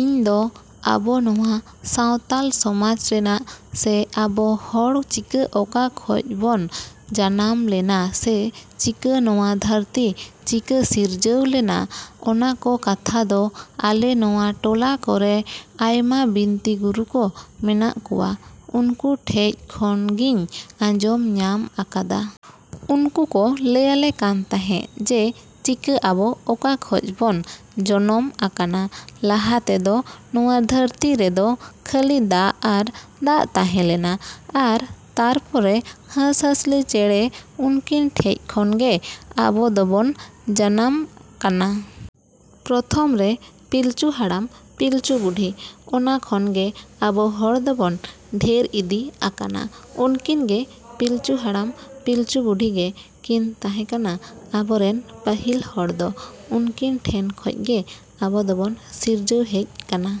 ᱤᱧᱫᱚ ᱟᱵᱚ ᱱᱚᱣᱟ ᱥᱟᱶᱛᱟᱞ ᱥᱚᱢᱟᱡᱽ ᱨᱮᱱᱟᱜ ᱥᱮ ᱟᱵᱚ ᱦᱚᱲ ᱪᱤᱠᱟᱹ ᱚᱠᱟ ᱠᱷᱚᱡ ᱵᱚᱱ ᱡᱟᱱᱟᱢ ᱞᱮᱱᱟ ᱥᱮ ᱪᱤᱠᱟᱹ ᱱᱚᱣᱟ ᱫᱷᱟᱹᱨᱛᱤ ᱪᱤᱠᱟᱹ ᱥᱤᱨᱡᱟᱹᱣ ᱞᱮᱱᱟ, ᱚᱱᱟ ᱠᱚ ᱠᱟᱛᱷᱟ ᱫᱚ ᱟᱞᱮ ᱱᱚᱣᱟ ᱴᱚᱞᱟ ᱠᱚᱨᱮ ᱟᱭᱢᱟ ᱵᱤᱱᱛᱤ ᱜᱩᱨᱩ ᱠᱚ ᱢᱮᱱᱟᱜ ᱠᱚᱣᱟ, ᱩᱱᱠᱩ ᱴᱷᱮᱡ ᱠᱷᱚᱱᱜᱤᱧ ᱟᱸᱡᱚᱢ ᱧᱟᱢ ᱟᱠᱟᱫᱟ᱾ ᱩᱱᱠᱩ ᱠᱚ ᱞᱟᱹᱭᱟᱞᱮ ᱠᱟᱱ ᱛᱟᱦᱮᱸᱜ ᱡᱮ ᱪᱤᱠᱟᱹ ᱟᱵᱚ ᱚᱠᱟ ᱠᱷᱚᱡ ᱵᱚᱱ ᱡᱚᱱᱚᱢ ᱟᱠᱟᱱᱟ᱾ ᱞᱟᱦᱟ ᱛᱮᱫᱚ ᱱᱚᱣᱟ ᱫᱷᱟᱹᱨᱛᱤ ᱨᱮᱫᱚ ᱠᱷᱟᱹᱞᱤ ᱫᱟᱜ ᱟᱨ ᱫᱟᱜ ᱛᱟᱦᱮᱸ ᱞᱮᱱᱟ ᱟᱨ ᱛᱟᱨᱯᱚᱨᱮ ᱦᱟᱸᱥ-ᱦᱟᱸᱥᱞᱤ ᱪᱮᱸᱬᱮ ᱩᱱᱠᱤᱱ ᱴᱷᱮᱡ ᱠᱷᱚᱱ ᱜᱮ ᱟᱵᱚ ᱫᱚᱵᱚᱱ ᱡᱟᱱᱟᱢ ᱠᱟᱱᱟ᱾ ᱯᱨᱚᱛᱷᱚᱢ ᱨᱮ ᱯᱤᱞᱪᱩ ᱦᱟᱲᱟᱢ-ᱯᱤᱞᱪᱩ ᱵᱩᱰᱷᱤ ᱚᱱᱟ ᱠᱷᱚᱱᱜᱮ ᱟᱵᱚ ᱦᱚᱲ ᱫᱚᱵᱚᱱ ᱰᱷᱮᱨ ᱤᱫᱤ ᱟᱠᱟᱱᱟ᱾ ᱩᱱᱠᱤᱱᱜᱮ ᱯᱤᱞᱪᱩ ᱦᱟᱲᱟᱢ ᱯᱤᱞᱪᱩ ᱵᱩᱰᱷᱤ ᱜᱮ ᱠᱤᱱ ᱛᱟᱦᱮᱸ ᱠᱟᱱᱟ ᱟᱵᱚᱨᱮᱱ ᱯᱟᱹᱦᱤᱞ ᱦᱚᱲ ᱫᱚ᱾ ᱩᱱᱠᱤᱱ ᱴᱷᱮᱱ ᱠᱷᱚᱡᱜᱮ ᱟᱵᱚ ᱫᱚᱵᱚᱱ ᱥᱤᱨᱡᱟᱹᱣ ᱦᱮᱡ ᱠᱟᱱᱟ᱾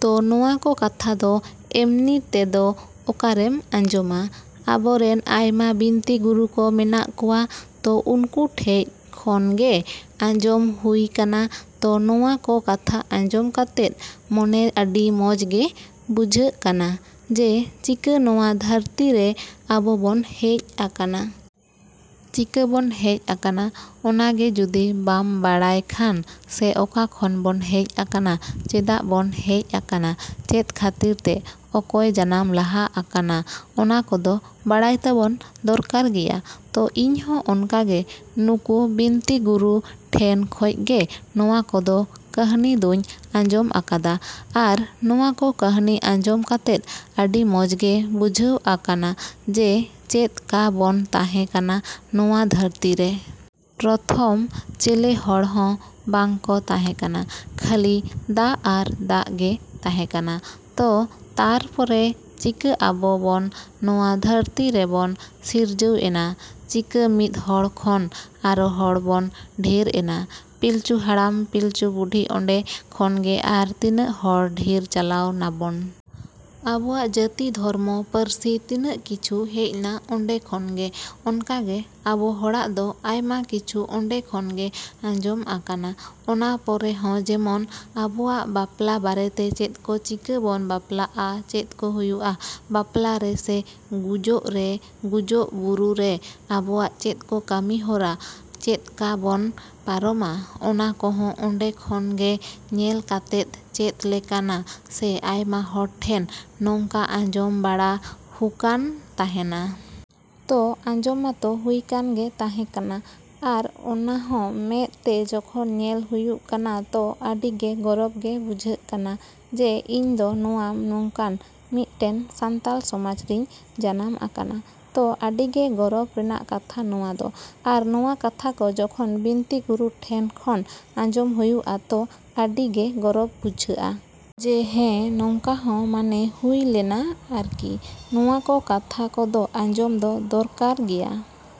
ᱛᱚ ᱱᱚᱣᱟ ᱠᱚ ᱠᱟᱛᱷᱟ ᱫᱚ ᱮᱢᱱᱤ ᱛᱮᱫᱚ ᱚᱠᱟᱨᱮᱢ ᱟᱸᱡᱚᱢᱟ? ᱟᱵᱚᱨᱮᱱ ᱟᱭᱢᱟ ᱵᱤᱱᱛᱤ ᱜᱩᱨᱩ ᱠᱚ ᱢᱮᱱᱟᱜ ᱠᱚᱣᱟ, ᱛᱚ ᱩᱱᱠᱩ ᱴᱷᱮᱡ ᱠᱷᱚᱱᱜᱮ ᱟᱸᱡᱚᱢ ᱦᱩᱭ ᱠᱟᱱᱟ᱾ ᱛᱚ ᱱᱚᱣᱟ ᱠᱚ ᱠᱟᱛᱷᱟ ᱟᱸᱡᱚᱢ ᱠᱟᱛᱮᱫ ᱢᱟᱱᱮ ᱟᱹᱰᱤ ᱢᱚᱡᱽ ᱜᱮ ᱵᱩᱡᱷᱟᱹᱜ ᱠᱟᱱᱟ ᱡᱮ ᱪᱤᱠᱟᱹ ᱱᱚᱣᱟ ᱫᱷᱟᱹᱨᱛᱤᱨᱮ ᱟᱵᱚᱵᱚᱱ ᱦᱮᱡ ᱟᱠᱟᱱᱟ᱾ ᱪᱤᱠᱟᱹᱵᱚᱱ ᱦᱮᱡ ᱟᱠᱟᱱᱟ ᱚᱱᱟᱜᱮ ᱡᱩᱫᱤ ᱵᱟᱢ ᱵᱟᱲᱟᱭ ᱠᱷᱟᱱ ᱥᱮ ᱚᱠᱟ ᱠᱷᱚᱱ ᱵᱚᱱ ᱦᱮᱡ ᱟᱠᱟᱱᱟ, ᱪᱮᱫᱟᱜ ᱵᱚᱱ ᱦᱮᱡ ᱟᱠᱟᱱᱟ, ᱪᱮᱫ ᱠᱷᱟᱹᱛᱤᱨ ᱛᱮ, ᱚᱠᱚᱭ ᱡᱟᱱᱟᱢ ᱞᱟᱦᱟ ᱟᱠᱟᱱᱟ, ᱚᱱᱟ ᱠᱚᱫᱚ ᱵᱟᱲᱟᱭ ᱛᱟᱵᱚᱱ ᱫᱚᱨᱠᱟᱨ ᱜᱮᱭᱟ᱾ ᱛᱚ ᱤᱧᱦᱚᱸ ᱚᱱᱠᱟᱜᱮ ᱱᱩᱠᱩ ᱵᱤᱱᱛᱤ ᱜᱩᱨᱩ ᱴᱷᱮᱱ ᱠᱷᱚᱡ ᱜᱮ ᱱᱚᱣᱟ ᱠᱚ ᱠᱟᱹᱦᱱᱤ ᱫᱚᱧ ᱟᱸᱡᱚᱢ ᱟᱠᱟᱫᱟ ᱟᱨ ᱱᱚᱣᱟ ᱠᱚ ᱠᱟᱹᱦᱱᱤ ᱟᱸᱡᱚᱢ ᱠᱟᱛᱮᱫ ᱟᱹᱰᱤ ᱢᱚᱡᱽᱜᱮ ᱵᱩᱡᱷᱟᱹᱣ ᱟᱠᱟᱱᱟ ᱡᱮ ᱪᱮᱫᱠᱟᱵᱚᱱ ᱛᱟᱦᱮᱸ ᱠᱟᱱᱟ ᱱᱚᱣᱟ ᱫᱷᱟᱹᱨᱛᱤᱨᱮ᱾ ᱯᱨᱚᱛᱷᱚᱢ ᱪᱮᱞᱮ ᱦᱚᱲᱦᱚᱸ ᱵᱟᱝᱠᱚ ᱛᱟᱦᱮᱸ ᱠᱟᱱᱟ, ᱠᱷᱟᱹᱞᱤ ᱫᱟᱜ ᱟᱨ ᱫᱟᱜ ᱜᱮ ᱛᱟᱦᱮᱸ ᱠᱟᱱᱟ᱾ ᱛᱚ ᱛᱟᱨᱯᱚᱨᱮ ᱪᱤᱠᱟ ᱟᱵᱚᱵᱚᱱ ᱱᱚᱣᱟ ᱫᱷᱟᱹᱨᱛᱤ ᱨᱮᱵᱚᱱ ᱥᱤᱨᱡᱟᱹᱣ ᱮᱱᱟ, ᱪᱤᱠᱟᱹ ᱢᱤᱫᱦᱚᱲ ᱠᱷᱚᱱ ᱟᱨᱚ ᱦᱚᱲᱵᱚᱱ ᱰᱷᱮᱨ ᱮᱱᱟ᱾ ᱯᱤᱞᱪᱩ ᱦᱟᱲᱟᱢ ᱯᱤᱞᱪᱩ ᱵᱩᱰᱷᱤ ᱚᱸᱰᱮ ᱠᱷᱚᱱᱜᱮ ᱟᱨᱚ ᱛᱤᱱᱟᱹᱜ ᱦᱚᱲ ᱰᱷᱮᱨ ᱪᱟᱞᱟᱣ ᱱᱟᱵᱚᱱ᱾ ᱟᱵᱚᱣᱟᱜ ᱡᱟᱹᱛᱤ ᱫᱷᱚᱨᱢᱚ ᱯᱟᱹᱨᱥᱤ ᱛᱤᱱᱟᱹᱜ ᱠᱤᱪᱷᱩ ᱦᱮᱡᱱᱟ ᱚᱸᱰᱮ ᱠᱷᱚᱱᱜᱮ᱾ ᱚᱱᱠᱟᱜᱮ ᱟᱵᱚ ᱦᱚᱲᱟᱜ ᱫᱚ ᱟᱭᱢᱟ ᱠᱤᱪᱷᱩ ᱚᱸᱰᱮ ᱠᱷᱚᱱᱜᱮ ᱟᱸᱡᱚᱢ ᱟᱠᱟᱱᱟ᱾ ᱚᱱᱟ ᱯᱚᱨᱮ ᱦᱚᱸ ᱡᱮᱢᱚᱱ ᱟᱵᱚᱣᱟᱜ ᱵᱟᱯᱞᱟ ᱵᱟᱨᱮᱛᱮ ᱪᱮᱫ ᱠᱚ ᱪᱤᱠᱟᱹ ᱵᱚᱱ ᱵᱟᱯᱞᱟᱜᱼᱟ, ᱪᱮᱫ ᱠᱚ ᱦᱩᱭᱩᱜᱼᱟ ᱵᱟᱯᱞᱟᱨᱮ ᱥᱮ ᱜᱩᱡᱚᱜ ᱨᱮ, ᱜᱩᱡᱚᱜ ᱵᱩᱨᱩᱨᱮ ᱟᱵᱚᱣᱟᱜ ᱪᱮᱫ ᱠᱚ ᱠᱟᱹᱢᱤᱦᱚᱨᱟ ᱪᱮᱫᱠᱟᱵᱚᱱ ᱯᱟᱨᱚᱢᱟ, ᱚᱱᱟ ᱠᱚᱦᱚᱸ ᱚᱸᱰᱮ ᱠᱷᱚᱱᱜᱮ ᱧᱮᱞ ᱠᱟᱛᱮᱫ ᱪᱮᱫ ᱞᱮᱠᱟᱱᱟ ᱥᱮ ᱟᱭᱢᱟ ᱦᱚᱲ ᱴᱷᱮᱱ ᱱᱚᱝᱠᱟ ᱟᱸᱡᱚᱢ ᱵᱟᱲᱟ ᱦᱩᱠᱟᱱ ᱛᱟᱦᱮᱱᱟ᱾ ᱛᱚ ᱟᱸᱡᱚᱢ ᱢᱟᱛᱚ ᱦᱩᱭ ᱠᱟᱱ ᱜᱮ ᱛᱟᱦᱮᱸ ᱠᱟᱱᱟ ᱟᱨ ᱚᱱᱟᱦᱚᱸ ᱢᱮᱸᱫ ᱛᱮ ᱡᱚᱠᱷᱚᱱ ᱧᱮᱞ ᱦᱩᱭᱩᱜ ᱠᱟᱱᱟ, ᱛᱚ ᱟᱹᱰᱤᱜᱮ ᱜᱚᱨᱚᱵᱽ ᱜᱮ ᱵᱩᱡᱷᱟᱹᱜ ᱠᱟᱱᱟ ᱡᱮ ᱤᱧᱫᱚ ᱱᱚᱣᱟ ᱱᱚᱝᱠᱟᱱ ᱢᱤᱫᱴᱮᱱ ᱥᱟᱱᱛᱟᱞ ᱥᱚᱢᱟᱡᱽ ᱨᱤᱧ ᱡᱟᱱᱟᱢ ᱟᱠᱟᱱᱟ᱾ ᱛᱚ ᱟᱹᱰᱤᱜᱮ ᱜᱚᱨᱚᱵᱽ ᱨᱮᱱᱟᱜ ᱠᱟᱛᱷᱟ ᱱᱚᱣᱟ ᱫᱚ ᱟᱨ ᱱᱚᱣᱟ ᱠᱟᱛᱷᱟ ᱠᱚ ᱡᱚᱠᱷᱚᱱ ᱵᱤᱱᱛᱤ ᱜᱩᱨᱩ ᱴᱷᱮᱱ ᱠᱷᱚᱱ ᱟᱸᱡᱚᱢ ᱦᱩᱭᱩᱜᱼᱟ, ᱛᱚ ᱟᱹᱰᱤᱜᱮ ᱜᱚᱨᱚᱵᱽ ᱵᱩᱡᱷᱟᱹᱜᱼᱟ᱾ ᱡᱮ ᱦᱮᱸ ᱱᱚᱝᱠᱟᱦᱚᱸ ᱢᱟᱱᱮ ᱦᱩᱭ ᱞᱮᱱᱟ ᱟᱨᱠᱤ᱾ ᱱᱚᱣᱟ ᱠᱚ ᱠᱟᱛᱷᱟ ᱠᱚᱫᱚ ᱟᱸᱡᱚᱢ ᱫᱚ ᱫᱚᱨᱠᱟᱨ ᱜᱮᱭᱟ᱾